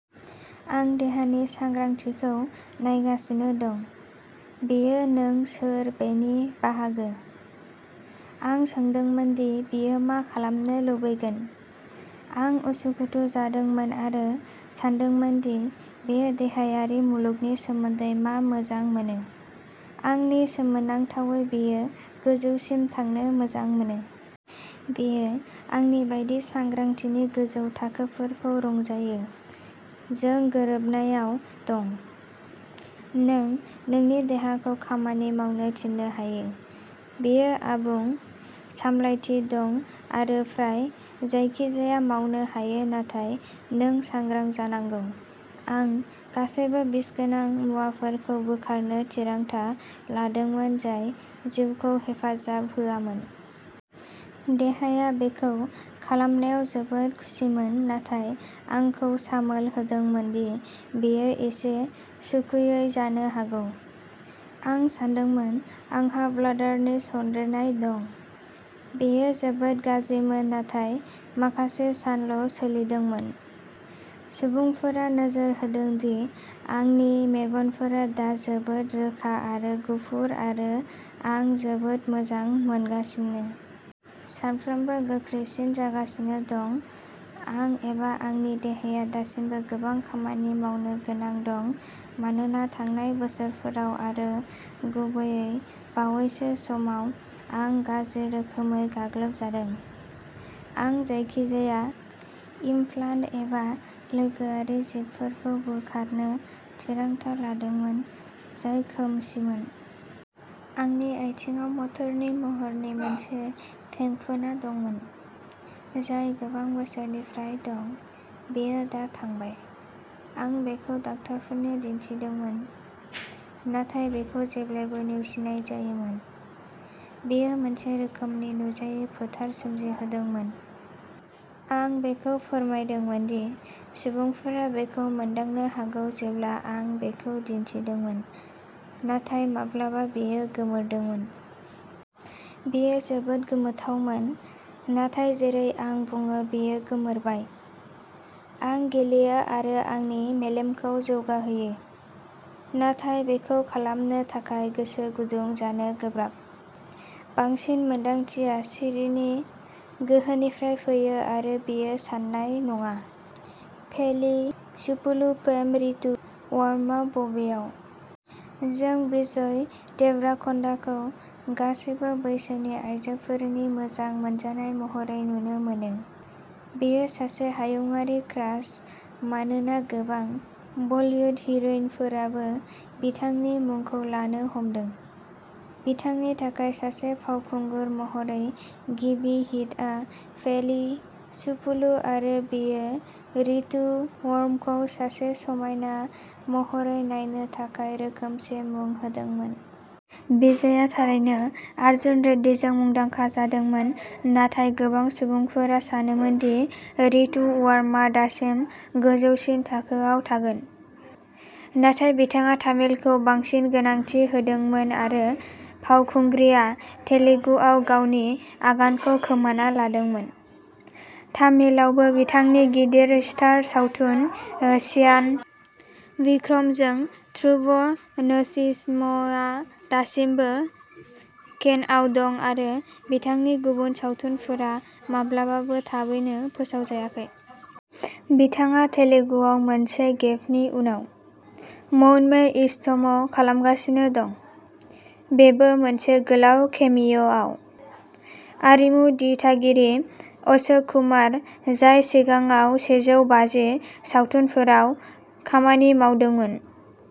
आं देहानि सांग्रांथिखौ नायगासिनो दं। बेयो नों सोर बेनि बाहागो। आं सोंदोंमोन दि बेयो मा खालामनो लुबैगोन। आं उसुखुथु जादोंमोन आरो सानदोंमोन दि बेयो देहायारि मुलुगनि सोमोन्दै मा मोजां मोनो। आंनि सोमोनांथावै बेयो गोजौसिम थांनो मोजां मोनो। बेयो आंनि बायदि सांग्रांथिनि गोजौ थाखोफोरखौ रंजायो। जों गोरोबनायाव दं। नों नोंनि देहाखौ खामानि मावनो थिननो हायो, बेयो आबुं सामलायथि दं आरो फ्राय जायखिजाया मावनो हायो नाथाय नों सांग्रां जानांगौ। आं गासैबो बिसगोनां मुवाफोरखौ बोखारनो थिरांथा लादोंमोन जाय जिउखौ हेफाजाब होआमोन। देहाया बेखौ खालामनायाव जोबोद खुसिमोन नाथाय आंखौ सामोल होदोंमोन दि बेयो एसे सुखुयै जानो हागौ। आं सानदोंमोन आंहा ब्लाडारनि सन्देरनाय दं। बेयो जोबोद गाज्रिमोन नाथाय माखासे सानल' सोलिदोंमोन। सुबुंफोरा नोजोर होदों दि आंनि मेगनफोरा दा जोबोद रोखा आरो गुफुर आरो आं जोबोद मोजां मोनगासिनो। सानफ्रोमबो गोख्रोंसिन जागासिनो दं। आं एबा आंनि देहाया दासिमबो गोबां खामानि मावनो गोनां दं मानोना थांनाय बोसोरफोराव आरो गुबैयै बावैसोनि समाव आं गाज्रि रोखोमै गाग्लोबजादों। आं जायखिजाया इमप्लान्ट एबा लोगोआरि जिबफोरखौ बोखारनो थिरांथा लादोंमोन, जाय खोमसिमोन। आंनि आथिंआव मटरनि महरनि मोनसे फेंफोना दंमोन, जाय गोबां बोसोरनिफ्राय दं, बेयो दा थांबाय। आं बेखौ डक्टरफोरनो दिन्थिदोंमोन। नाथाय बेखौ जेब्लाबो नेवसिनाय जायोमोन। बेयो मोनसे रोखोमनि नुजायै फोथार सोमजिहोदोंमोन। आं बेखौ फोरमायदोंमोन दि सुबुंफोरा बेखौ मोनदांनो हागौ जेब्ला आं बेखौ दिन्थिदोंमोन, नाथाय माब्लाबा बेयो गोमोरदोंमोन। बेयो जोबोद गोमोथावमोन, नाथाय जेरै आं बुङो बेयो गोमोरबाय। आं गेलेयो आरो आंनि मेलेमखौ जौगाहोयो, नाथाय बेखौ खालामनो थाखाय गोसो गुदुं जानो गोब्राब। बांसिन मोन्दांथिया सिरिनि गोहोनिफ्राय फैयो आरो बेयो साननाय नङा। पेलि चुपुलु फेम रितु वर्माआ बबेयाव? जों विजय देवराकन्डाखौ गासैबो बैसोनि आइजोफोरनि मोजां मोनजानाय महरै नुनो मोनो। बियो सासे हायुंआरि क्रास मानोना गोबां बलीवुड हिर'इनफोराबो बिथांनि मुंखौ लानो हमदों। बिथांनि थाखाय सासे फावखुंगुर महरै गिबि हिटआ पेलि चुपुलु आरो बेयो रितु वर्माखौ सासे समायना महरै नायनो थाखाय रोखोमसे मुं होदोंमोन। बिजयआ थारैनो आर्जुन रेड्डीजों मुंदांखा जादोंमोन नाथाय गोबां सुबुंफोरा सानोमोन दि रितु वर्माया दासिम गोजौसिन थाखोआव थागोन। नाथाय बिथाङा तामिलखौ बांसिन गोनांथि होदोंमोन आरो फावखुंग्रिआ तेलुगुआव गावनि आगानखौ खोमाना लादोंमोन। तामिलआवबो बिथांनि गिदिर स्टार सावथुन चियान बिक्रमजों ध्रुव नचित्रमआ दासिमबो केनआव दं आरो बिथांनि गुबुन सावथुनफोरा माब्लाबाबो थाबैनो फोसावजायाखै। बिथाङा तेलुगुआव मोनसे गेपनि उनाव "मौनमे इष्टम" खालामगासिनो दं। बेबो मोनसे गोलाव केमिय'आव। आरिमु दिथागिरि अशोक कुमार, जाय सिगाङाव सेजौ बाजि सावथुनफोराव खामानि मावदोंमोन।